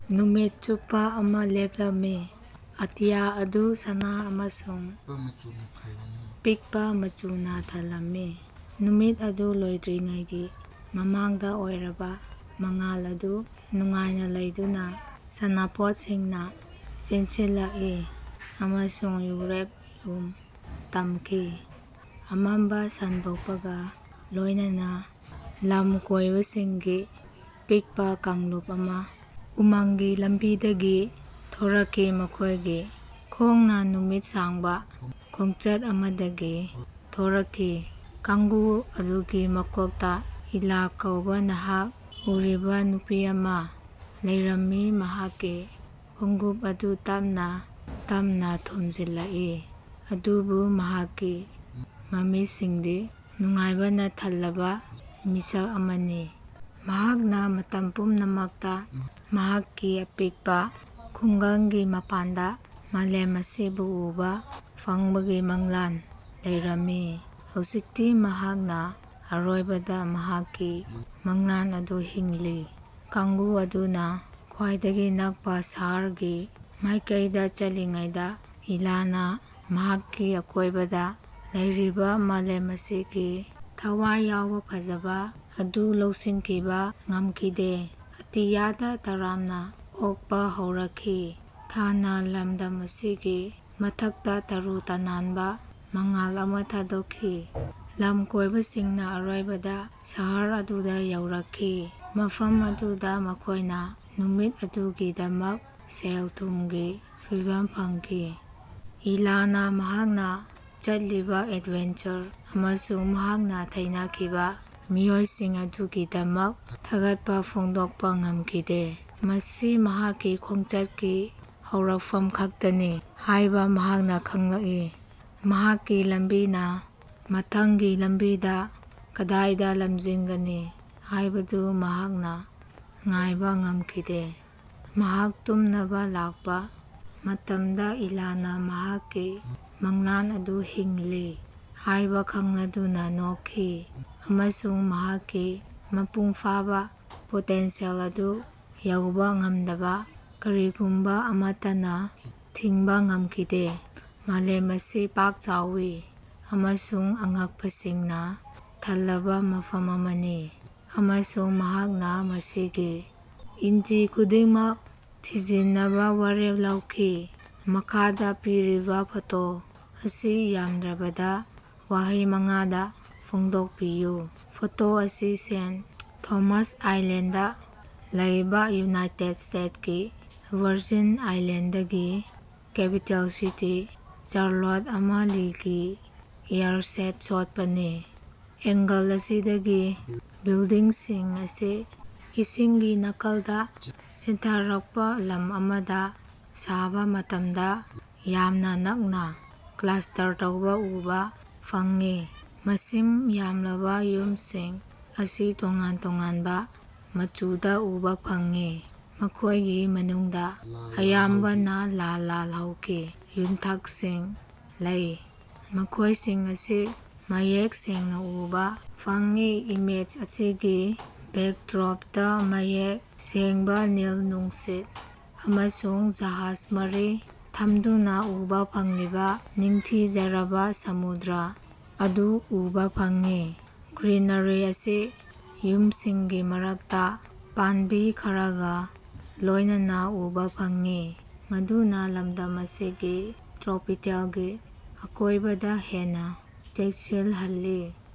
ꯅꯨꯃꯤꯠ ꯆꯨꯞꯄꯥ ꯑꯃꯥ ꯂꯦꯞꯂꯝꯃꯤ ꯑꯇꯤꯌꯥ ꯑꯗꯨ ꯁꯅꯥ ꯑꯃꯁꯨꯡ ꯄꯤꯛꯄꯥ ꯃꯆꯨꯅꯥ ꯊꯜꯂꯝꯃꯤ꯫ ꯅꯨꯃꯤꯠ ꯑꯗꯨ ꯂꯣꯏꯗ꯭ꯔꯤꯉꯩꯒꯤ ꯃꯃꯥꯡꯗꯥ ꯑꯔꯣꯏꯕꯥ ꯃꯉꯥꯜ ꯑꯗꯨ ꯅꯨꯡꯉꯥꯏꯅꯥ ꯂꯧꯗꯨꯅꯥ ꯁꯥꯟꯅꯄꯣꯠꯁꯤꯡꯅꯥ ꯆꯦꯟꯁꯤꯜꯂꯛꯏ ꯑꯃꯁꯨꯡ ꯎꯔꯦꯞ ꯎꯌꯨꯡ ꯇꯝꯈꯤ꯫ ꯑꯃꯝꯕꯥ ꯁꯟꯗꯣꯛꯄꯒꯥ ꯂꯣꯏꯅꯅꯥ ꯂꯝꯀꯣꯏꯕꯁꯤꯡꯒꯤ ꯑꯄꯤꯛꯄꯥ ꯀꯥꯡꯂꯨꯞ ꯑꯃꯥ ꯎꯃꯪꯒꯤ ꯂꯝꯕꯤꯗꯒꯤ ꯊꯣꯔꯛꯈꯤ ꯃꯈꯣꯏꯒꯤ ꯈꯣꯡꯅꯥ ꯅꯨꯃꯤꯠ ꯁꯥꯡꯕꯥ ꯈꯣꯡꯆꯠ ꯑꯃꯗꯒꯤ ꯊꯣꯔꯛꯈꯤ꯫ ꯀꯥꯡꯕꯨ ꯑꯗꯨꯒꯤ ꯃꯀꯣꯛꯇꯥ ꯏꯂꯥ ꯀꯧꯕꯥ ꯅꯍꯥ ꯑꯣꯏꯔꯤꯕꯥ ꯅꯨꯄꯤ ꯑꯃꯥ ꯂꯩꯔꯝꯃꯤ ꯃꯍꯥꯛꯀꯤ ꯈꯣꯡꯎꯞ ꯑꯗꯨ ꯇꯞꯅꯥ ꯇꯞꯅꯥ ꯊꯨꯝꯖꯤꯜꯂꯛꯏ ꯑꯗꯨꯕꯨ ꯃꯍꯥꯛꯀꯤ ꯃꯃꯤꯠꯁꯤꯡꯗꯤ ꯅꯨꯡꯉꯥꯏꯕꯅꯥ ꯊꯜꯂꯕꯥ ꯃꯤꯁꯛ ꯑꯃꯅꯤ꯫ ꯃꯍꯥꯛꯅꯥ ꯃꯇꯝ ꯄꯨꯝꯅꯃꯛꯇꯥ ꯃꯍꯥꯛꯀꯤ ꯑꯄꯤꯛꯄꯥ ꯈꯨꯡꯒꯪꯒꯤ ꯃꯄꯥꯟꯗꯥ ꯃꯥꯂꯦꯝ ꯑꯁꯤꯕꯨ ꯎꯕꯥ ꯐꯪꯕꯒꯤ ꯃꯪꯂꯥꯟ ꯂꯩꯔꯝꯃꯤ ꯍꯧꯖꯤꯛꯇꯤ ꯃꯍꯥꯛꯅꯥ ꯑꯔꯣꯏꯕꯗꯥ ꯃꯍꯥꯛꯀꯤ ꯃꯪꯂꯥꯟ ꯑꯗꯨ ꯍꯤꯡꯂꯤ꯫ ꯀꯥꯡꯕꯨ ꯑꯗꯨꯅꯥ ꯈ꯭ꯋꯥꯏꯗꯒꯤ ꯅꯛꯄꯥ ꯁꯍꯔꯒꯤ ꯃꯥꯏꯀꯩꯗꯥ ꯆꯠꯂꯤꯉꯩꯗꯥ ꯏꯂꯥꯅꯥ ꯃꯍꯥꯛꯀꯤ ꯑꯀꯣꯏꯕꯗꯥ ꯂꯩꯔꯤꯕꯥ ꯃꯥꯂꯦꯝ ꯑꯁꯤꯒꯤ ꯊꯋꯥꯏ ꯌꯥꯎꯕꯥ ꯐꯖꯕꯥ ꯑꯗꯨ ꯂꯧꯁꯤꯟꯈꯤꯕꯥ ꯉꯝꯈꯤꯗꯦ꯫ ꯑꯇꯤꯌꯥꯗꯥ ꯇꯔꯥꯝꯅꯥ ꯑꯣꯛꯄꯥ ꯍꯧꯔꯛꯈꯤ ꯊꯥꯅꯥ ꯂꯝꯗꯝ ꯑꯁꯤꯒꯤ ꯃꯊꯛꯇꯥ ꯇꯔꯨ ꯇꯅꯥꯟꯕꯥ ꯃꯉꯥꯜ ꯑꯃꯥ ꯊꯥꯗꯣꯛꯈꯤ꯫ ꯂꯝꯀꯣꯏꯕꯁꯤꯡꯅꯥ ꯑꯔꯣꯏꯕꯗꯥ ꯁꯍꯔ ꯑꯗꯨꯗꯥ ꯌꯧꯔꯛꯈꯤ ꯃꯐꯝ ꯑꯗꯨꯗꯥ ꯃꯈꯣꯏꯅꯥ ꯅꯨꯃꯤꯠ ꯑꯗꯨꯒꯤꯗꯃꯛ ꯁꯦꯜ ꯊꯨꯝꯒꯤ ꯐꯤꯚꯝ ꯐꯪꯈꯤ꯫ ꯏꯂꯥꯅꯥ ꯃꯍꯥꯛꯅꯥ ꯆꯠꯂꯤꯕꯥ ꯑꯦꯗꯚꯦꯟꯆꯔ ꯑꯃꯁꯨꯡ ꯃꯍꯥꯛꯅꯥ ꯊꯦꯡꯅꯈꯤꯕꯥ ꯃꯤꯑꯣꯏꯁꯤꯡ ꯑꯗꯨꯒꯤꯗꯃꯛ ꯊꯥꯒꯠꯄꯥ ꯐꯣꯡꯗꯣꯛꯄꯥ ꯉꯝꯈꯤꯗꯦ꯫ ꯃꯁꯤ ꯃꯍꯥꯛꯀꯤ ꯈꯣꯡꯆꯠꯀꯤ ꯍꯧꯔꯛꯐꯝ ꯈꯛꯇꯅꯤ ꯍꯥꯏꯕꯥ ꯃꯍꯥꯛꯅꯥ ꯈꯪꯂꯝꯏ ꯃꯍꯥꯛꯀꯤ ꯂꯝꯕꯤꯅꯥ ꯃꯊꯪꯒꯤ ꯂꯝꯕꯤꯗꯥ ꯀꯗꯥꯏꯗꯥ ꯂꯝꯖꯤꯡꯒꯅꯤ ꯍꯥꯏꯕꯗꯨ ꯃꯍꯥꯛꯅꯥ ꯉꯥꯏꯕꯥ ꯉꯝꯈꯤꯗꯦ꯫ ꯃꯍꯥꯛ ꯇꯨꯝꯅꯕꯥ ꯂꯥꯛꯄꯥ ꯃꯇꯝꯗꯥ ꯏꯂꯥꯅꯥ ꯃꯍꯥꯛꯀꯤ ꯃꯪꯂꯥꯟ ꯑꯗꯨ ꯍꯤꯡꯂꯤ ꯍꯥꯏꯕꯥ ꯈꯪꯂꯗꯨꯅꯥ ꯅꯣꯛꯈꯤ ꯑꯃꯁꯨꯡ ꯃꯍꯥꯛꯀꯤ ꯃꯄꯨꯡ ꯐꯥꯕꯥ ꯄꯣꯇꯦꯟꯁꯤꯌꯦꯜ ꯑꯗꯨ ꯌꯧꯕꯥ ꯉꯝꯗꯕꯗꯥ ꯀꯔꯤꯒꯨꯝꯕꯥ ꯑꯃꯠꯇꯅꯥ ꯊꯤꯡꯕꯥ ꯉꯝꯈꯤꯗꯦ꯫ ꯃꯥꯂꯦꯝ ꯑꯁꯤ ꯄꯥꯛ ꯆꯥꯎꯏ ꯑꯃꯁꯨꯡ ꯑꯉꯛꯄꯁꯤꯡꯅꯥ ꯊꯜꯂꯕꯥ ꯃꯐꯝ ꯑꯃꯅꯤ ꯑꯃꯁꯨꯡ ꯃꯍꯥꯛꯅꯥ ꯃꯁꯤꯒꯤ ꯏꯟꯆꯤ ꯈꯨꯗꯤꯡꯃꯛ ꯊꯤꯖꯤꯟꯅꯕꯥ ꯋꯥꯔꯦꯞ ꯂꯧꯈꯤ꯫ ꯃꯈꯥꯗꯥ ꯄꯤꯔꯤꯕꯥ ꯐꯣꯇꯣ ꯑꯁꯤ ꯌꯥꯝꯗ꯭ꯔꯕꯗꯥ ꯋꯥꯍꯩ ꯃꯉꯥꯗꯥ ꯐꯣꯡꯗꯣꯛꯄꯤꯌꯨ꯫ ꯐꯣꯇꯣ ꯑꯁꯤ ꯁꯦꯟ꯫ ꯊꯣꯃꯥꯁ ꯑꯥꯏꯂꯦꯟꯗꯗꯥ ꯂꯩꯕꯥ ꯌꯨꯅꯥꯏꯇꯦꯗ ꯁ꯭ꯇꯦꯠꯀꯤ ꯚꯔꯖꯤꯟ ꯑꯥꯏꯂꯦꯟꯗꯒꯤ ꯀꯦꯄꯤꯇꯦꯜ ꯁꯤꯇꯤ ꯆꯥꯔꯂꯣꯠ ꯑꯃꯂꯤꯒꯤ ꯑꯦꯌꯔ ꯁꯣꯠꯄꯅꯤ꯫ ꯑꯦꯡꯒꯜ ꯑꯁꯤꯗꯒꯤ ꯕꯤꯜꯗꯤꯡꯁꯤꯡ ꯑꯁꯤ ꯏꯁꯤꯡꯒꯤ ꯅꯥꯀꯜꯗꯥ ꯆꯦꯟꯊꯔꯛꯄꯥ ꯂꯝꯗꯝ ꯑꯃꯗꯥ ꯁꯥꯕꯥ ꯃꯇꯝꯗꯥ ꯌꯥꯝꯅꯥ ꯅꯛꯅꯥ ꯀ꯭ꯂꯁ꯭ꯇꯔ ꯇꯧꯕꯥ ꯎꯕꯥ ꯐꯪꯏ꯫ ꯃꯁꯤꯡ ꯌꯥꯝꯂꯕꯥ ꯌꯨꯝꯁꯤꯡ ꯑꯁꯤ ꯇꯣꯉꯥꯟ ꯇꯣꯉꯥꯟꯕꯥ ꯃꯆꯨꯗꯥ ꯎꯕꯥ ꯐꯪꯏ ꯃꯈꯣꯏꯒꯤ ꯃꯅꯨꯡꯗꯥ ꯑꯌꯥꯝꯕꯅꯥ ꯂꯥꯂꯍꯧꯒꯤ ꯌꯨꯝꯊꯛꯁꯤꯡ ꯂꯩ ꯃꯈꯣꯏꯁꯤꯡ ꯑꯁꯤ ꯃꯌꯦꯛ ꯁꯦꯡꯅꯥ ꯎꯕꯥ ꯐꯪꯏ꯫ ꯏꯃꯦꯖ ꯑꯁꯤꯒꯤ ꯕꯦꯛꯗ꯭ꯔꯣꯞꯇꯥ ꯃꯌꯦꯛ ꯁꯦꯡꯕꯥ ꯅꯤꯜ ꯅꯨꯡꯁꯤꯠ ꯑꯃꯁꯨꯡ ꯖꯍꯥꯖ ꯃꯔꯤ ꯊꯝꯗꯨꯅꯥ ꯎꯕꯥ ꯐꯪꯂꯤꯕꯥ ꯅꯤꯡꯊꯤꯖꯔꯕꯥ ꯁꯃꯨꯗ꯭ꯔ ꯑꯗꯨ ꯎꯕꯥ ꯐꯪꯏ꯫ ꯒ꯭ꯔꯤꯅꯔꯤ ꯑꯁꯤ ꯌꯨꯝꯁꯤꯡꯒꯤ ꯃꯔꯛꯇꯥ ꯄꯥꯝꯕꯤ ꯈꯔꯒꯥ ꯂꯣꯏꯅꯅꯥ ꯎꯕꯥ ꯐꯪꯏ ꯃꯗꯨꯅꯥ ꯂꯝꯗꯝ ꯑꯁꯤꯒꯤ ꯇ꯭ꯔꯣꯄꯤꯀꯦꯜꯒꯤ ꯑꯀꯣꯏꯕꯗꯥ ꯍꯦꯟꯅꯥ ꯆꯦꯠꯁꯤꯜꯍꯜꯂꯤ꯫